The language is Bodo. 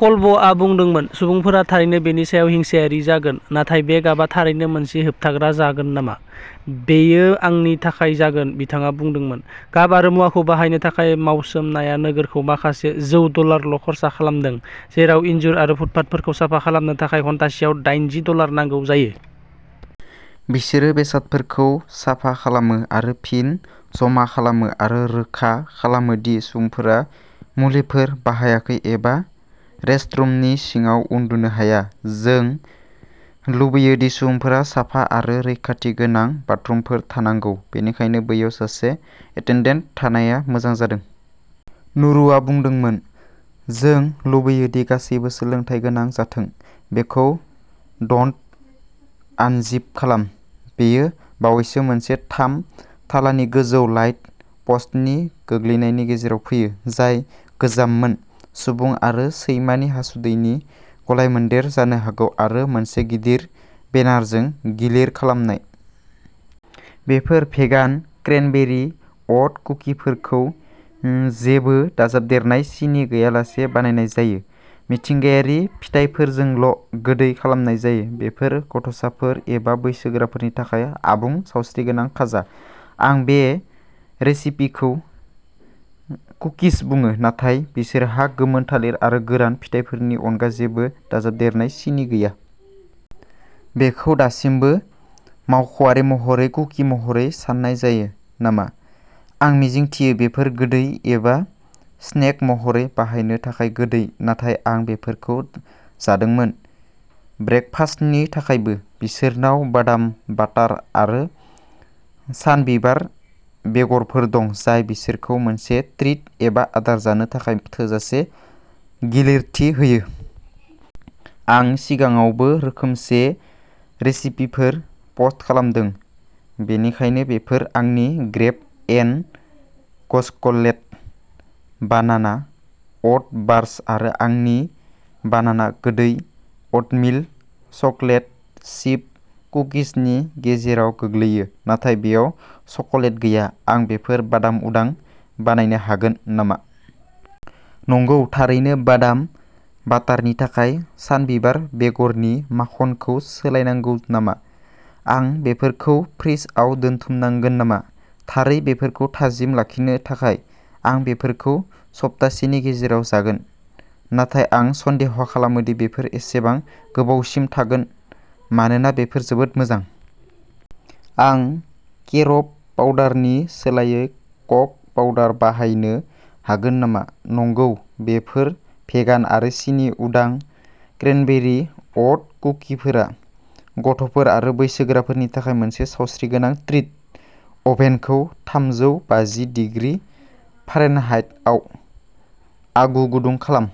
कल्बआ बुंदोंमोन, सुबुंफोरा थारैनो बेनि सायाव हिंसायारि जागोन, नाथाय बे गाबआ थारैनो मोनसे होबथाग्रा जागोन नामा? बेयो आंनि थाखाय जागोन, बिथाङा बुंदोंमोन। गाब आरो मुवाखौ बाहायनो थाखाय मावसोमनाया नोगोरखौ माखासे जौ डलारल' खर्सा खालामदों, जेराव इनजुर आरो फुटपाथफोरखौ साफा खालामनो थाखाय घन्टासेआव दायनजि डलार नांगौ जायो। बिसोरो बेसादफोरखौ साफा खालामो आरो फिन जमा खालामो आरो रोखा खालामो दि सुबुंफोरा मुलिफोर बाहायाखै एबा रेस्टरुमनि सिङाव उन्दुनो हाया। जों लुबैयो दि सुबुंफोरा साफा आरो रैखाथि गोनां बाथरुमफोर थानांगौ, बेनिखायनो बैयाव सासे एटेन्डेन्ट थानाया मोजां जादों। नुरुआ बुंदोंमोन, जों लुबैयो दि गासैबो सोलोंथाय गोनां जाथों। बेखौ दन्ट आनजिप खालाम। बेयो बावैसो मोनसे थाम थालानि गोजौ लाइट पस्टनि गोग्लैनायनि गेजेराव फैयो, जाय गोजाममोन, सुबुं आरो सैमानि हासुदैनि गलायमोन्देर जानो हागौ, आरो मोनसे गिदिर बेनारजों गिलिर खालामनाय। बेफोर भेगान क्रेनबेरि अ'ट कुकिफोरखौ जेबो दाजाबदेरनाय सिनि गैयालासे बानायनाय जायो, मिथिंगायारि फिथाइफोरजोंल' गोदै खालामनाय जायो। बेफोर गथ'साफोर एबा बैसोगोराफोरनि थाखाय आबुं सावस्रिगोनां खाजा। आं बे रेसिपिखौ कुकिज बुङो, नाथाय बिसोरहा गोमोन थालिर आरो गोरान फिथाइफोरनि अनगा जेबो दाजाबदेरनाय सिनि गैया। बेखौ दासिमबो मावख'आरि महरै कुकि महरै सान्नाय जायो नामा? आं मिजिंथियो बेफोर गोदै एबा स्नेक महरै बाहायनो थाखाय गोदै, नाथाय आं बेफोरखौ जादोंमोन। ब्रेकफास्टनि थाखायबो। बिसोरनाव बादाम बाटार आरो सानबिबार बेगरफोर दं, जाय बिसोरखौ मोनसे ट्रिट एबा आदार जानो थाखाय थोजासे गिलिरथि होयो। आं सिगाङावबो रोखोमसे रेसिपिफोर पस्ट खालामदों, बेनिखायनो बेफोर आंनि grab n go chocolate banana oat bars आरो आंनि बानाना गोदै अटमिल चकलेट चिप कुकिजनि गेजेराव गोग्लैयो, नाथाय बेयाव चकलेट गैया। आं बेफोर बादाम उदां बानायनो हागोन नामा? नंगौ, थारैनो। बादाम बाटारनि थाखाय सानबिबार बेगरनि माखनखौ सोलायनांगौ नामा? आं बेफोरखौ फ्रिजआव दोनथुमनांगोन नामा? थारै, बेफोरखौ थाजिम लाखिनो थाखाय। आं बेफोरखौ सप्तासेनि गेजेराव जागोन, नाथाय आं सन्देह खालामो दि बेफोर एसेबां गोबावसिम थागोन मानोना बेफोर जोबोद मोजां। आं केरब पाउडारनि सोलायै कक' पाउडार बाहायनो हागोन नामा? नंगौ! बेफोर भेगान आरो सिनि उदां क्रेनबेरि अ'ट कुकिफोरा गथ'फोर आरो बैसोगोराफोरनि थाखाय मोनसे सावस्रिगोनां ट्रिट! अभेनखौ थामजौ बाजि डीग्रि फारेनहाइटआव आगु गुदुं खालाम।